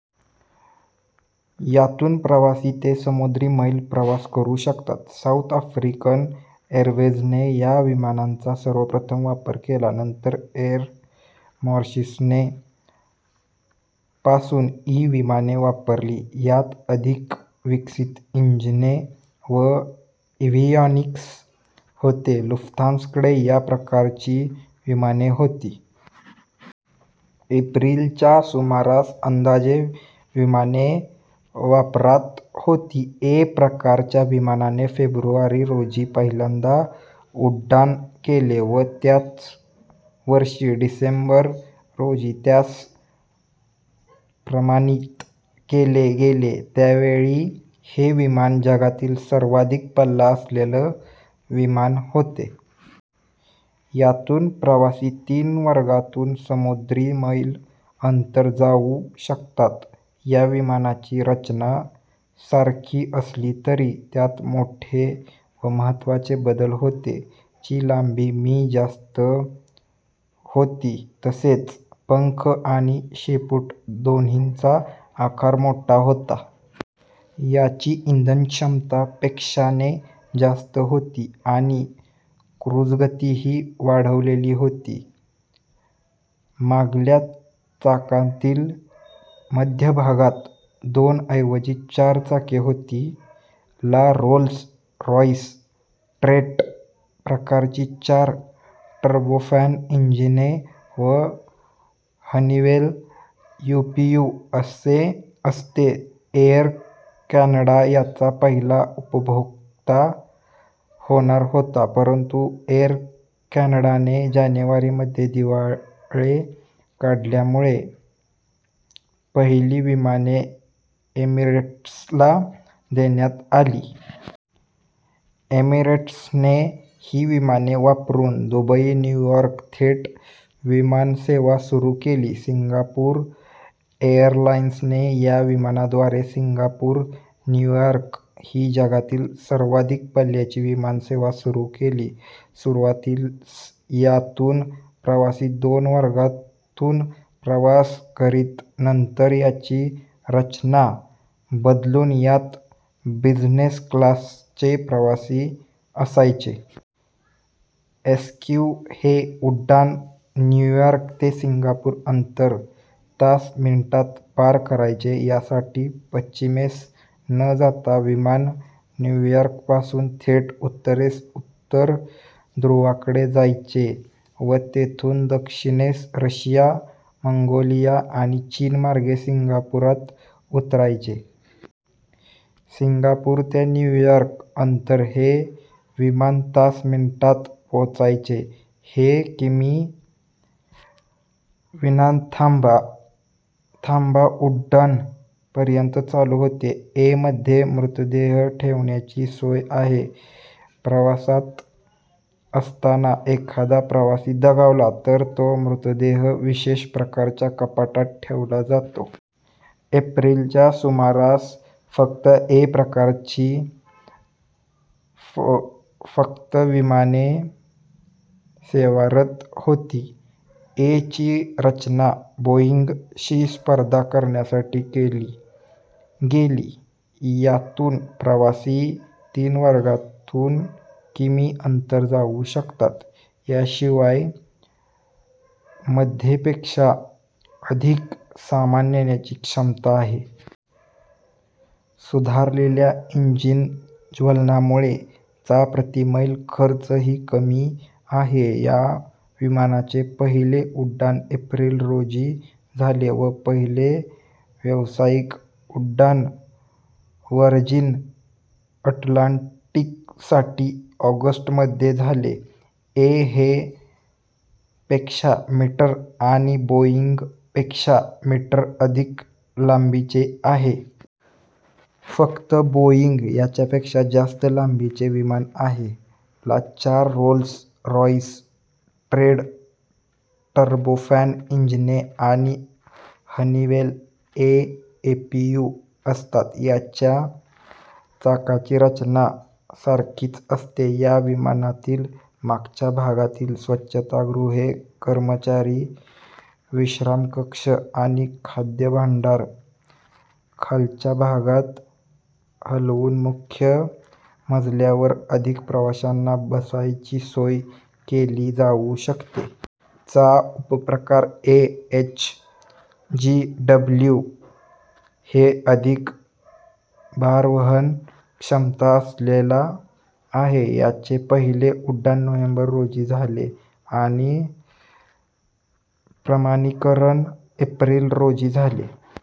यातून प्रवासी ते समुद्री मैल प्रवास करू शकतात. साउथ आफ्रिकन एरवेझने या विमानाचा सर्वप्रथम वापर केला व नंतर एर मॉरिशसने पासून - ई विमाने वापरली. यांत अधिक विकसित इंजने व एव्हियॉनिक्स होते. लुफ्तांसाकडे या उपप्रकाराची विमाने होती. एप्रिल च्या सुमारास अंदाजे - विमाने वापरात होती. ए - प्रकारच्या विमानाने फेब्रुवारी, रोजी पहिल्यांदा उड्डाण केले व त्याच वर्षी डिसेंबर रोजी त्यास प्रमाणित केले गेले. त्यावेळी हे विमान जगातील सर्वाधिक पल्ला असलेले विमान होते. यातून प्रवासी तीन वर्गांतून समुद्री मैल अंतर जाऊ शकतात. या विमानाची रचना - सारखी असली तरी त्यात मोठे व महत्त्वाचे बदल होते. - ची लांबी. मी जास्त होती तसेच पंख आणि शेपूट दोन्हीचा आकार मोठा होता. याची इंधनक्षमता - पेक्ष ने जास्त होती आणि क्रुझगतीही वाढवलेली होती. मागल्या चाकांतील मध्यभागात दोनऐवजी चार चाके होती. - ला रोल्स रॉइस ट्रेंट प्रकारची चार टर्बोफॅन इंजिने व हनिवेल - एपीयू असते. एर कॅनडा याचा पहिला उपभोक्ता होणार होता परंतु एर कॅनडाने जानेवारी मध्ये दिवाळे काढल्यामुळे पहिली विमाने एमिरेट्सला देण्यात आली. एमिरेट्सने ही विमाने वापरून दुबई न्यू यॉर्क थेट विमानसेवा सुरू केली. सिंगापूर एरलाइन्सने या विमानाद्वारे सिंगापूर न्यूअर्क ही जगातील सर्वाधिक पल्ल्याची विमानसेवा सुरू केली. सुरुवातीस यातून प्रवासी दोन वर्गांतून प्रवास करीत. नंतर याची रचना बदलून यात बिझनेस क्लासचे प्रवासी असायचे. एसक्यू हे उड्डाण न्यूअर्क ते सिंगापूर अंतर तास मिनिटांत पार करायचे. यासाठी पश्चिमेस न जाता विमान न्यूअर्कपासून थेट उत्तरेस उत्तर ध्रुवाकडे जायचे व तेथून दक्षिणेस रशिया, मंगोलिया आणि चीन मार्गे सिंगापूरात उतरायचे. सिंगापूर ते न्यूअर्क अंतर हे विमान तास मिनिटांत पोचायचे. हे किमी विनाथांबा उड्डाण पर्यंत चालू होते. ए - मध्ये मृतदेह ठेवण्याची सोय आहे. प्रवासातच असताना एखादा प्रवासी दगावला तर तो मृतदेह विशेष प्रकारच्या कपाटात ठेवला जाईल. एप्रिल च्या सुमारास फक्त ए - प्रकारची फक्त विमाने सेवारत होती. ए - ची रचना बोईंग शी स्पर्धा करण्यासाठी केली गेली. यातून प्रवासी तीन वर्गांतून किमी अंतर जाऊ शकतात. याशिवाय - मध्ये पेक्षा अधिक सामान नेण्याची क्षमता आहे. सुधारलेल्या इंधनज्वलनामुळे - चा प्रतिमैल खर्चही कमी आहे. या विमानाचे पहिले उड्डाण एप्रिल, रोजी झाले व पहिले व्यावसायिक उड्डाण व्हर्जिन अटलांटिकसाठी ऑगस्ट मध्ये झाले. ए - हे - पेक्षा मीटर आणि बोईंग पेक्षा मीटर अधिक लांबीचे आहे. फक्त बोईंग - याच्यापेक्षा जास्त लांबीचे विमान आहे. - ला चार रोल्स रॉइस ट्रेंट टर्बोफॅन इजिने आणि हनिवेल - ए एपीयू असतात. याच्या चाकांची रचना - सारखीच असते. या विमानातील मागच्या भागातील स्वच्छतागृहे, कर्मचारी विश्रामकक्ष आणि खाद्यभांडार खालच्या भागात हलवून मुख्य मजल्यावर अधिक प्रवाशांना बसण्याची सोय केली जाऊ शकते. - चा उपप्रकार ए - एचजीडब्ल्यू हे अधिक भारवहन क्षमता असलेला आहे. याचे पहिले उड्डाण नोव्हेंबर, रोजी झाले आणि प्रमाणीकरण एप्रिल, रोजी झाले.